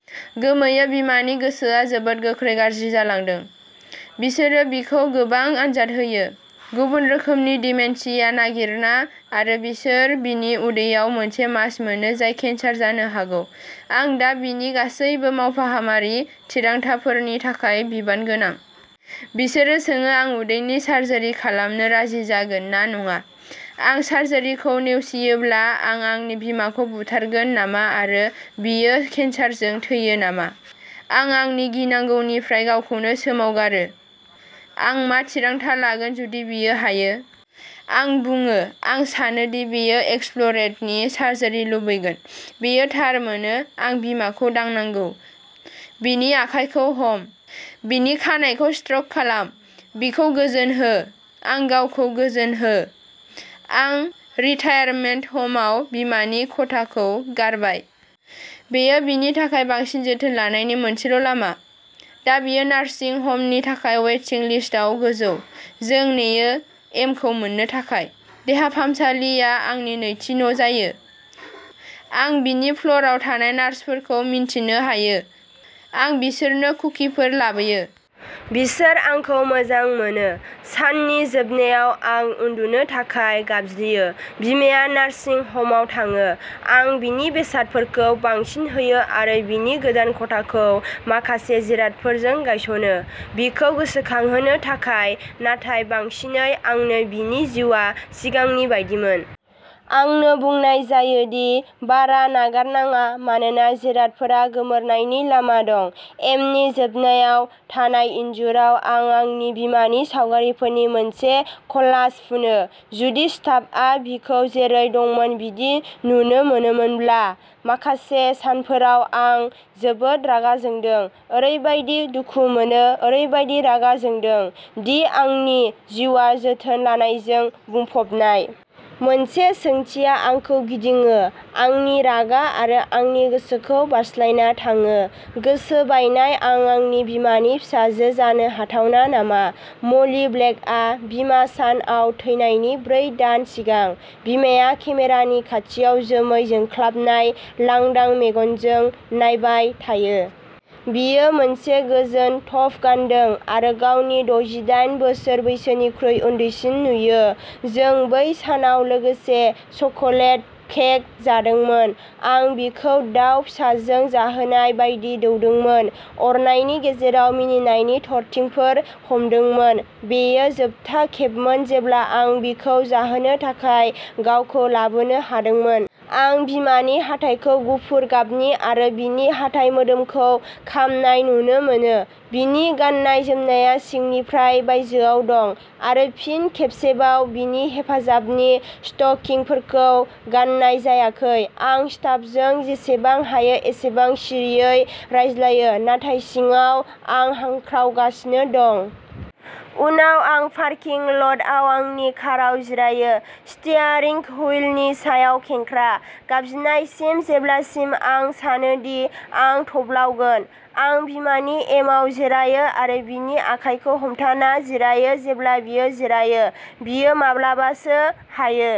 गोमोयो बिमानि गोसोआ जोबोद गोख्रै गाज्रि जालांदों। बिसोरो बिखौ गोबां आनजाद होयो। गुबुन रोखोमनि डिमेनशिया नागिरना आरो बिसोर बिनि उदैआव मोनसे मास मोनो जाय केन्सार जानो हागौ। आं दा बिनि गासैबो सावफाहामारि थिरांथाफोरनि थाखाय बिबानगोनां। बिसोरो सोङो आं उदैनि सार्जारि खालामनो राजि जागोन ना नङा। आं सार्जारिखौ नेवसियोब्ला आं आंनि बिमाखौ बुथारगोन नामा आरो बियो केन्सारजों थैयो नामा, आं आंनि गिनांगौनिफ्राय गावखौनो सोमावगारो। आं मा थिरांथा लागोन जुदि बियो हायो। आं बुङो, आं सानो दि बियो एक्सप्ल'रेटरि सार्जारि लुबैगोन। बेयो थार मोनो, आं बिमाखौ दांनांगौ। बिनि आखायखौ हम, बिनि खानाइखौ स्ट्रक खालाम, बिखौ गोजोन हो। आं गावखौ गोजोन हो। आं रिटायारमेन्ट ह'मआव बिमानि खथाखौ गारबाय। बेयो बिनि थाखाय बांसिन जोथोन लानायनि मोनसेल'लामा। दा बियो नार्सिं ह'मनि थाखाय वेटिं लिस्टआव गोजौ। जों नेयो। एमखौ मोननो थाखाय। देहा फाहामसालिया आंनि नैथि न'जायो। आं बिनि फ्ल'रआव थानाय नार्सफोरखौ मिन्थिनो हायो। आं बिसोरनो कुकिफोर लाबोयो। बिसोर आंखौ मोजां मोनो। साननि जोबनायाव, आं उन्दुनो थाखाय गाबज्रियो। बिमाया नार्सिं ह'मआव थाङो। आं बिनि बेसादफोरखौ बांसिन होयो आरो बिनि गोदान खथाखौ माखासे जिरादफोरजों गायसनो, बिखौ गोसोखांहोनो थाखाय नाथाय बांसिनै आंनो-बिनि जिउआ सिगांनि बायदिमोन। आंनो बुंनाय जायो दि बारा नागारनाङा मानोना जिरादफोरा गोमोरनायनि लामा दं। एमनि जोबनायाव थानाय इनजुराव आं आंनि बिमानि सावगारिफोरनि मोनसे क'लाज फुनो। जुदि स्टाफआ बिखौ जेरै दंमोन बिदि नुनो मोनोमोनब्ला। माखासे सानफोराव, आं जोबोद रागा जोंदों, ओरैबादि दुखु मोनो, ओरैबादि रागा जोंदों दि आंनि जिउआ जोथोन लानायजों बुंफबनाय। मोनसे सोंथिया आंखौ गिदिङो, आंनि रागा आरो आंनि गोसोखौ बारस्लायना थाङो। गोसो बायनाय आं आंनि बिमानि फिसाजो जानो हाथावना नामा, म'ली ब्लेकआ बिमा सान आव थैनायनि ब्रै दान सिगां। बिमाया केमेरानि खाथियाव जोमै जोंख्लाबनाय, लांदां मेगनजों नायबाय थायो। बियो मोनसे गोजोन टप गानदों आरो गावनि द'जिदाइन बोसोर बैसोनिख्रुइ उन्दैसिन नुयो। जों बै सानाव लोगोसे चकलेट केक जादोंमोन, आं बिखौ दाउ फिसाजों जाहोनाय बायदि दौदोंमोन, अरनायनि गेजेराव मिनिनायनि थरथिंफोर हमदोंमोन। बेयो जोबथा खेबमोन जेब्ला आं बिखौ जाहोनो थाखाय गावखौ लाबोनो हादोंमोन। आं बिमानि हाथाइखौ गुफुर गाबनि आरो बिनि हाथाइ मोदोमखौ खामनाय नुनो मोनो। बिनि गाननाय जोमनाया सिंनिफ्राय बायजोआव दं। आरो फिन खेबसेबाव बिनि हेफाजाबनि स्टकिंफोरखौ गाननाय जायाखै। आं स्टाफजों जेसेबां हायो एसेबां सिरियै रायज्लायो, नाथाय सिङाव आं हांख्रावगासिनो दं। उनाव, आं पार्किं ल'टआव आंनि काराव जिरायो, स्टीयारिंग हुइलनि सायाव खेंख्रा, गाबज्रिनायसिम जेब्लासिम आं सानो दि आं थब्लावगोन। आं बिमानि एमायाव जिरायो आरो बिनि आखायखौ हमथाना जिरायो जेब्ला बियो जिरायो। बियो माब्लाबासो हायो।